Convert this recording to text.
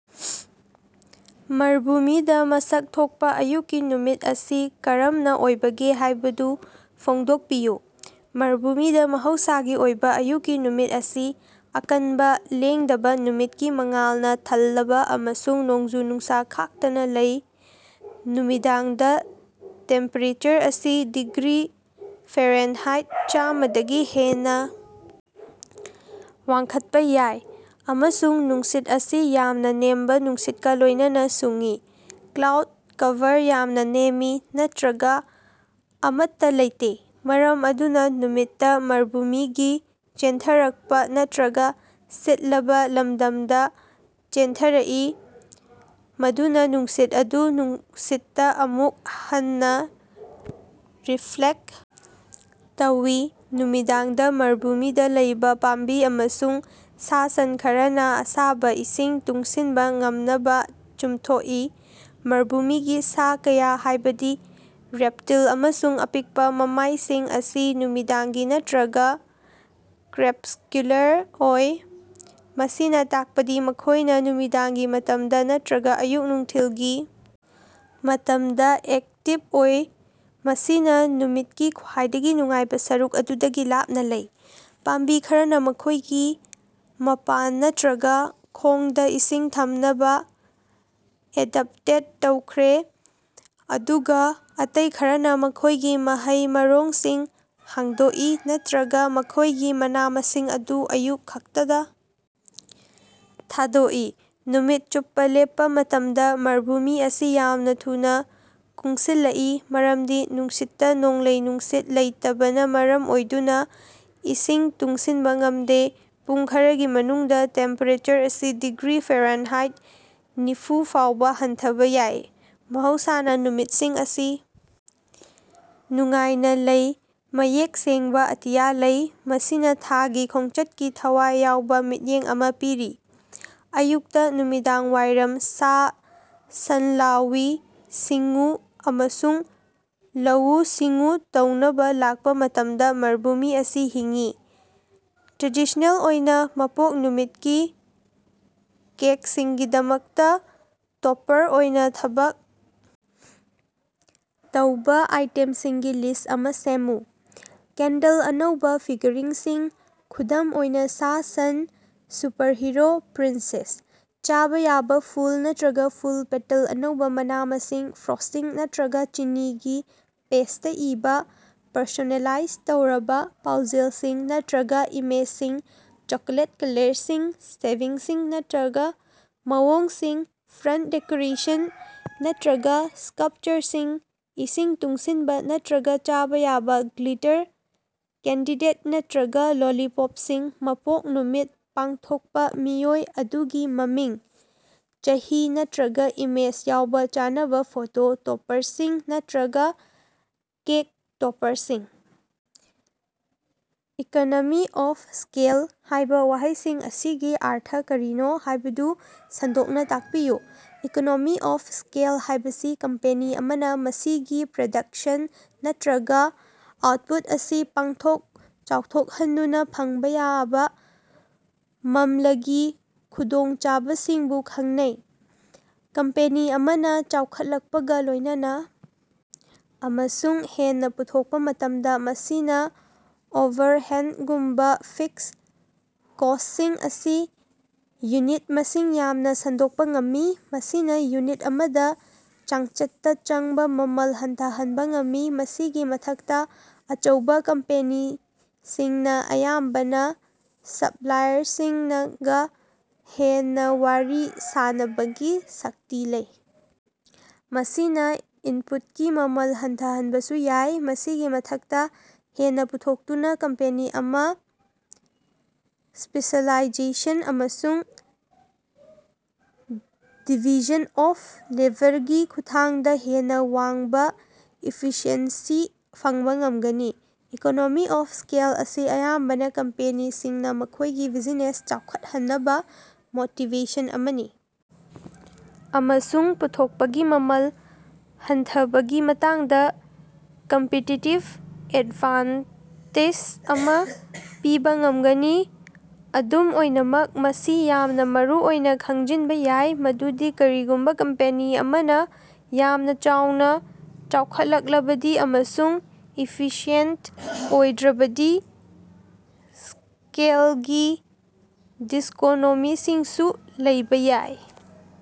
ꯃꯔꯚꯨꯃꯤꯗ ꯃꯁꯛ ꯊꯣꯛꯄꯥ ꯑꯌꯨꯛꯀꯤ ꯅꯨꯃꯤꯠ ꯑꯁꯤ ꯀꯔꯝꯅꯥ ꯑꯣꯏꯕꯒꯦ ꯍꯥꯏꯕꯗꯨ ꯐꯣꯡꯗꯣꯛꯄꯤꯌꯨ꯫ ꯃꯔꯚꯨꯃꯤꯗ ꯃꯍꯧꯁꯥꯒꯤ ꯑꯣꯏꯕ ꯑꯌꯨꯛꯀꯤ ꯅꯨꯃꯤꯠ ꯑꯁꯤ ꯑꯀꯟꯕꯥ, ꯂꯦꯡꯗꯕꯥ ꯅꯨꯃꯤꯠꯀꯤ ꯃꯉꯥꯜꯅ ꯊꯜꯂꯕꯥ ꯑꯃꯁꯨꯡ ꯅꯣꯡꯖꯨ-ꯅꯨꯡꯁꯥ ꯈꯥꯛꯇꯅ ꯂꯩ꯫ ꯅꯨꯃꯤꯗꯥꯡꯗ ꯇꯦꯝꯄꯦꯔꯦꯆꯔ ꯑꯁꯤ ꯗꯤꯒ꯭ꯔꯤ ꯐꯥꯔꯦꯟꯍꯥꯏꯠ ꯆꯥꯝꯃ ꯗꯒꯤ ꯍꯦꯟꯅꯥ ꯋꯥꯡꯈꯠꯄꯥ ꯌꯥꯏ, ꯑꯃꯁꯨꯡ ꯅꯨꯡꯁꯤꯠ ꯑꯁꯤ ꯌꯥꯝꯅ ꯅꯦꯝꯕꯥ ꯅꯨꯡꯁꯤꯠꯀꯥ ꯂꯣꯏꯅꯅꯥ ꯁꯨꯡꯏ꯫ ꯀ꯭ꯂꯥꯎꯗ ꯀꯚꯔ ꯌꯥꯝꯅ ꯅꯦꯝꯃꯤ ꯅꯠꯇꯔꯒ ꯑꯃꯠꯇꯥ ꯂꯩꯇꯦ, ꯃꯔꯝ ꯑꯗꯨꯅꯥ ꯅꯨꯃꯤꯠꯅꯥ ꯃꯔꯚꯨꯃꯤꯒꯤ ꯆꯦꯟꯊꯔꯛꯄꯥ ꯅꯠꯇꯔꯒ ꯁꯤꯠꯂꯕꯥ ꯂꯝꯗꯝꯗꯥ ꯆꯦꯟꯊꯔꯛꯏ, ꯃꯗꯨꯅꯥ ꯅꯨꯡꯁꯤꯠ ꯑꯗꯨ ꯅꯨꯡꯁꯤꯠꯇꯥ ꯑꯃꯨꯛ ꯍꯟꯅꯥ ꯔꯤꯐ꯭ꯂꯦꯛꯇ ꯇꯧꯏ꯫ ꯅꯨꯃꯤꯗꯥꯡꯗ ꯃꯔꯚꯨꯃꯤꯗꯥ ꯂꯩꯕ ꯄꯥꯝꯕꯤ ꯑꯃꯁꯨꯡ ꯁꯥ-ꯁꯟ ꯈꯔꯅꯥ ꯑꯁꯥꯕ ꯏꯁꯤꯡ ꯇꯨꯡꯁꯤꯟꯕꯥ ꯉꯝꯅꯕꯥ ꯆꯨꯝꯊꯣꯛꯏ꯫ ꯃꯔꯚꯨꯃꯤꯒꯤ ꯁꯥ ꯀꯌꯥ, ꯍꯥꯏꯕꯗꯤ ꯔꯦꯞꯇꯤꯜ ꯑꯃꯁꯨꯡ ꯑꯄꯤꯛꯄꯥ ꯃꯃꯥꯏꯁꯤꯡ ꯑꯁꯤ ꯅꯨꯃꯤꯗꯥꯡꯒꯤ ꯅꯠꯇꯔꯒ ꯀ꯭ꯔꯦꯄꯁ꯭ꯀꯨꯂꯥꯔ ꯑꯣꯏ, ꯃꯁꯤꯅꯥ ꯇꯥꯛꯄꯗꯤ ꯃꯈꯣꯏꯅꯥ ꯅꯨꯃꯤꯗꯥꯡꯒꯤ ꯃꯇꯝꯗ ꯅꯠꯇꯔꯒ ꯑꯌꯨꯛ-ꯅꯨꯡꯊꯤꯜꯒꯤ ꯃꯇꯝꯗꯥ ꯑꯦꯛꯇꯤꯕ ꯑꯣꯏ, ꯃꯁꯤꯅꯥ ꯅꯨꯃꯤꯠꯀꯤ ꯈ꯭ꯕꯥꯏꯗꯒꯤ ꯅꯨꯡꯉꯥꯏꯕꯥ ꯁꯔꯨꯛ ꯑꯗꯨꯗꯒꯤ ꯂꯥꯞꯅꯥ ꯂꯩ꯫ ꯄꯥꯝꯕꯤ ꯈꯔꯅꯥ ꯃꯈꯣꯏꯒꯤ ꯃꯄꯥꯟ ꯅꯠꯇꯔꯒ ꯈꯣꯡꯗꯥ ꯏꯁꯤꯡ ꯊꯝꯅꯕꯥ ꯑꯦꯗꯞꯇꯦꯠ ꯇꯧꯈ꯭ꯔꯦ, ꯑꯗꯨꯒꯥ ꯑꯇꯩ ꯈꯔꯅꯥ ꯃꯈꯣꯏꯒꯤ ꯃꯍꯩ-ꯃꯔꯣꯡꯁꯤꯡ ꯍꯥꯡꯗꯣꯛꯏ ꯅꯠꯇꯔꯒꯥ ꯃꯈꯣꯏꯒꯤ ꯃꯅꯥ-ꯃꯁꯤꯡ ꯑꯗꯨ ꯑꯌꯨꯛ ꯈꯛꯇꯗꯥ ꯊꯥꯗꯣꯛꯏ꯫ ꯅꯨꯃꯤꯠ ꯆꯨꯞꯄꯥ ꯂꯦꯞꯄꯥ ꯃꯇꯝꯗ ꯃꯔꯚꯨꯃꯤ ꯑꯁꯤ ꯌꯥꯝꯅ ꯊꯨꯅꯥ ꯀꯨꯡꯁꯤꯜꯂꯛꯏ ꯃꯔꯝꯗꯤ ꯅꯨꯡꯁꯤꯠꯇꯥ ꯅꯣꯡꯂꯩ-ꯅꯨꯡꯁꯤꯠ ꯂꯩꯇꯕꯅꯥ ꯃꯔꯝ ꯑꯣꯏꯗꯨꯅꯥ ꯏꯁꯤꯡ ꯇꯨꯡꯁꯤꯟꯕꯥ ꯉꯝꯗꯦ꯫ ꯄꯨꯡ ꯈꯔꯒꯤ ꯃꯅꯨꯡꯗꯥ ꯇꯦꯝꯄꯦꯔꯦꯆꯔ ꯑꯁꯤ ꯗꯤꯒ꯭ꯔꯤ ꯐꯥꯔꯦꯟꯍꯥꯏꯠ ꯅꯤꯐꯨ ꯐꯥꯎꯕ ꯍꯟꯊꯕꯥ ꯌꯥꯏ꯫ ꯃꯍꯧꯁꯥꯅ ꯅꯨꯃꯤꯠꯁꯤꯡ ꯑꯁꯤ ꯅꯨꯡꯉꯥꯏꯅ ꯂꯩ, ꯃꯌꯦꯛ ꯁꯦꯡꯕꯥ ꯑꯇꯤꯌꯥ ꯂꯩ, ꯃꯁꯤꯅꯥ ꯊꯥꯒꯤ ꯈꯣꯡꯆꯠꯀꯤ ꯊꯋꯥꯏ ꯌꯥꯎꯕ ꯃꯤꯠꯌꯦꯡ ꯑꯃ ꯄꯤꯔꯤ꯫ ꯑꯌꯨꯛꯇꯥ ꯅꯨꯃꯤꯗꯥꯡꯋꯥꯏꯔꯝ ꯁꯥ-ꯁꯟꯂꯧꯎ-ꯁꯤꯡꯎ ꯑꯃꯁꯨꯡ ꯂꯧꯎ-ꯁꯤꯡꯎ ꯇꯧꯅꯕꯥ ꯂꯥꯛꯄ ꯃꯇꯝꯗ ꯃꯔꯕꯨꯃꯤ ꯑꯁꯤ ꯍꯤꯡꯏ꯫ ꯇ꯭ꯔꯦꯗꯤꯁꯅꯦꯜ ꯑꯣꯏꯅꯥ ꯃꯄꯣꯛ ꯅꯨꯃꯤꯠꯀꯤ ꯀꯦꯛꯁꯤꯡꯒꯤꯗꯃꯛꯇꯥ ꯇꯣꯄꯔ ꯑꯣꯏꯅ ꯊꯕꯛ ꯇꯧꯕ ꯑꯥꯏꯇꯦꯝꯁꯤꯡꯒꯤ ꯂꯤꯁ ꯑꯃ ꯁꯦꯝꯃꯨ꯫ ꯀꯦꯟꯗꯜ ꯑꯅꯧꯕ ꯐꯤꯒꯔꯤꯡꯁꯤꯡ (ꯈꯨꯗꯝ ꯑꯣꯏꯅꯥ, ꯁꯥ-ꯁꯟ, ꯁꯨꯄꯔꯍꯤꯔꯣ, ꯄ꯭ꯔꯤꯟꯁꯦꯁ) ꯆꯥꯕ ꯌꯥꯕ ꯐꯨꯜ ꯅꯠꯇꯔꯒ ꯐꯨꯜ ꯄꯦꯇꯜ ꯑꯅꯧꯕ ꯃꯅꯥ-ꯃꯁꯤꯡ ꯐ꯭ꯔꯣꯁ꯭ꯇꯤꯡ ꯅꯠꯇꯔꯒ ꯆꯤꯅꯤꯒꯤ ꯄꯦꯁ꯭ꯇꯇꯥ ꯏꯕꯥ ꯄꯔꯁꯣꯅꯦꯂꯥꯏꯖ ꯇꯧꯔꯕ ꯄꯥꯎꯖꯦꯜꯁꯤꯡ ꯅꯠꯇꯔꯒ ꯏꯃꯦꯖꯁꯤꯡ ꯆꯣꯀꯣꯂꯦꯠ ꯀꯂꯔꯁꯤꯡ, ꯁꯦꯚꯤꯡꯁꯤꯡ ꯅꯠꯇꯔꯒ ꯃꯑꯣꯡꯁꯤꯡ ꯐꯔꯟꯇ ꯗꯦꯀꯣꯔꯦꯁꯟ ꯅꯠꯇꯔꯒ ꯁ꯭ꯀꯥꯜꯞꯆꯥꯔꯁꯤꯡ ꯏꯁꯤꯡ ꯇꯨꯡꯁꯤꯟꯕ ꯅꯠꯇꯔꯒ ꯆꯥꯕ ꯌꯥꯕ ꯒ꯭ꯂꯤꯇꯔ ꯀꯦꯟꯗꯤꯗꯦꯠ ꯅꯠꯇꯔꯒ ꯂꯣꯂꯤꯄꯣꯞꯁꯤꯡ ꯃꯄꯣꯛ ꯅꯨꯃꯤꯠ ꯄꯥꯡꯊꯣꯛꯄ ꯃꯤꯑꯣꯏ ꯑꯗꯨꯒꯤ ꯃꯃꯤꯡ, ꯆꯍꯤ ꯅꯠꯇꯔꯒ ꯏꯃꯦꯖ ꯌꯥꯎꯕ ꯆꯥꯅꯕ ꯐꯣꯇꯣ ꯇꯣꯄꯔꯁꯤꯡ ꯅꯠꯇꯔꯒ ꯀꯦꯛ ꯇꯣꯄꯔꯁꯤꯡ꯫। 'ꯏꯀꯣꯅꯣꯃꯤ ꯑꯣꯐ ꯁ꯭ꯀꯦꯜ' ꯍꯥꯏꯕ ꯋꯥꯍꯩꯁꯤꯡ ꯑꯁꯤꯒꯤ ꯑꯔꯊ ꯀꯔꯤꯅꯣ ꯍꯥꯏꯕꯗꯨ ꯁꯟꯗꯣꯛꯅ ꯇꯥꯛꯄꯤꯌꯨ꯫ ꯏꯀꯣꯅꯣꯃꯤ ꯑꯣꯐ ꯁ꯭ꯀꯦꯜ ꯍꯥꯏꯕꯁꯤ ꯀꯝꯄꯦꯅꯤ ꯑꯃꯅ ꯃꯁꯤꯒꯤ ꯄ꯭ꯔꯗꯛꯁꯟ ꯅꯠꯇꯔꯒ ꯑꯥꯎꯠꯄꯨꯠ ꯑꯁꯤ ꯄꯥꯛꯊꯣꯛ ꯆꯥꯎꯊꯣꯛꯍꯟꯗꯨꯅꯥ ꯐꯪꯕ ꯌꯥꯕ ꯃꯝꯂꯒꯤ ꯈꯨꯗꯣꯡꯆꯥꯕꯁꯤꯡꯕꯨ ꯈꯪꯅꯩ꯫ ꯀꯝꯄꯦꯅꯤ ꯑꯃꯅ ꯆꯥꯎꯈꯠꯂꯛꯄꯒꯥ ꯂꯣꯏꯅꯅꯥ ꯑꯃꯁꯨꯡ ꯍꯦꯟꯅꯥ ꯄꯨꯊꯣꯛꯄꯥ ꯃꯇꯝꯗꯥ, ꯃꯁꯤꯅ ꯑꯣꯚꯔꯍꯦꯠꯒꯨꯝꯕꯥ ꯐꯤꯛꯁ ꯀꯣꯁ꯭ꯇꯁꯤꯡ ꯑꯁꯤ ꯌꯨꯅꯤꯠ ꯃꯁꯤꯡ ꯌꯥꯝꯅ ꯁꯟꯗꯣꯛꯄꯥ ꯉꯝꯃꯤ, ꯃꯁꯤꯅꯥ ꯌꯨꯅꯤꯠ ꯑꯃꯗ ꯆꯥꯡꯆꯠꯇꯥ ꯆꯪꯕ ꯃꯃꯜ ꯍꯟꯊꯍꯟꯕꯥ ꯉꯝꯃꯤ꯫ ꯃꯁꯤꯒꯤ ꯃꯊꯛꯇꯥ, ꯑꯆꯧꯕ ꯀꯝꯄꯦꯅꯤꯁꯤꯡꯅꯥ ꯑꯌꯥꯝꯕꯅ ꯁꯞꯂꯥꯏꯌꯔꯁꯤꯡꯒꯥ ꯍꯦꯟꯅꯥ ꯋꯥꯔꯤ ꯁꯥꯟꯕꯒꯤ ꯁꯛꯇꯤ ꯂꯩ, ꯃꯁꯤꯅ ꯏꯟꯄꯨꯠꯀꯤ ꯃꯃꯜ ꯍꯟꯊꯍꯟꯕꯁꯨ ꯌꯥꯏ꯫ ꯃꯁꯤꯒꯤ ꯃꯊꯛꯇꯥ, ꯍꯦꯟꯅꯥ ꯄꯨꯊꯣꯛꯇꯨꯅꯥ ꯀꯝꯄꯦꯅꯤ ꯑꯃꯅ ꯁ꯭ꯄꯦꯁꯤꯑꯦꯂꯥꯏꯖꯦꯁꯟ ꯑꯃꯁꯨꯡ ꯗꯤꯚꯤꯖꯟ ꯑꯣꯐ ꯂꯦꯕꯔꯒꯤ ꯈꯨꯠꯊꯥꯡꯗꯥ ꯍꯦꯟꯅꯥ ꯋꯥꯡꯕꯥ ꯏꯐꯤꯁꯤꯑꯦꯟꯁꯤ ꯐꯪꯕ ꯉꯝꯒꯅꯤ꯫ ꯏꯀꯣꯅꯣꯃꯤ ꯑꯣꯐ ꯁ꯭ꯀꯦꯜ ꯑꯁꯤ ꯑꯌꯥꯝꯕꯅ ꯀꯝꯄꯦꯅꯤꯁꯤꯡꯅꯥ ꯃꯈꯣꯏꯒꯤ ꯕꯤꯖꯤꯅꯦꯁ ꯆꯥꯎꯈꯠꯍꯟꯅꯕꯥ ꯃꯣꯇꯤꯕꯦꯁꯟ ꯑꯃꯅꯤ ꯑꯃꯁꯨꯡ ꯄꯨꯊꯣꯛꯄꯒꯤ ꯃꯃꯜ ꯍꯟꯊꯕꯒꯤ ꯃꯇꯥꯡꯗ ꯀꯝꯄꯤꯇꯤꯇꯤꯕ ꯑꯦꯗꯚꯥꯟꯇꯦꯖ ꯑꯃ ꯄꯤꯕꯥ ꯉꯝꯒꯅꯤ꯫ ꯑꯗꯨꯝ ꯑꯣꯏꯅꯃꯛ, ꯃꯁꯤ ꯌꯥꯝꯅ ꯃꯔꯨꯑꯣꯏꯅ ꯈꯪꯖꯤꯟꯕꯥ ꯌꯥꯏ ꯃꯗꯨꯗꯤ ꯀꯔꯤꯒꯨꯝꯕꯥ ꯀꯝꯄꯦꯅꯤ ꯑꯃꯅ ꯌꯥꯝꯅ ꯆꯥꯎꯅ ꯆꯥꯎꯈꯠꯂꯛꯂꯕꯗꯤ ꯑꯃꯁꯨꯡ ꯏꯐꯤꯁꯤꯌꯦꯟꯇ ꯑꯣꯏꯗ꯭ꯔꯕꯗꯤ ꯁ꯭ꯀꯦꯂꯒꯤ ꯗꯤꯁꯀꯣꯅꯣꯃꯤꯁꯤꯡꯁꯨ ꯂꯩꯕ ꯌꯥꯏ꯫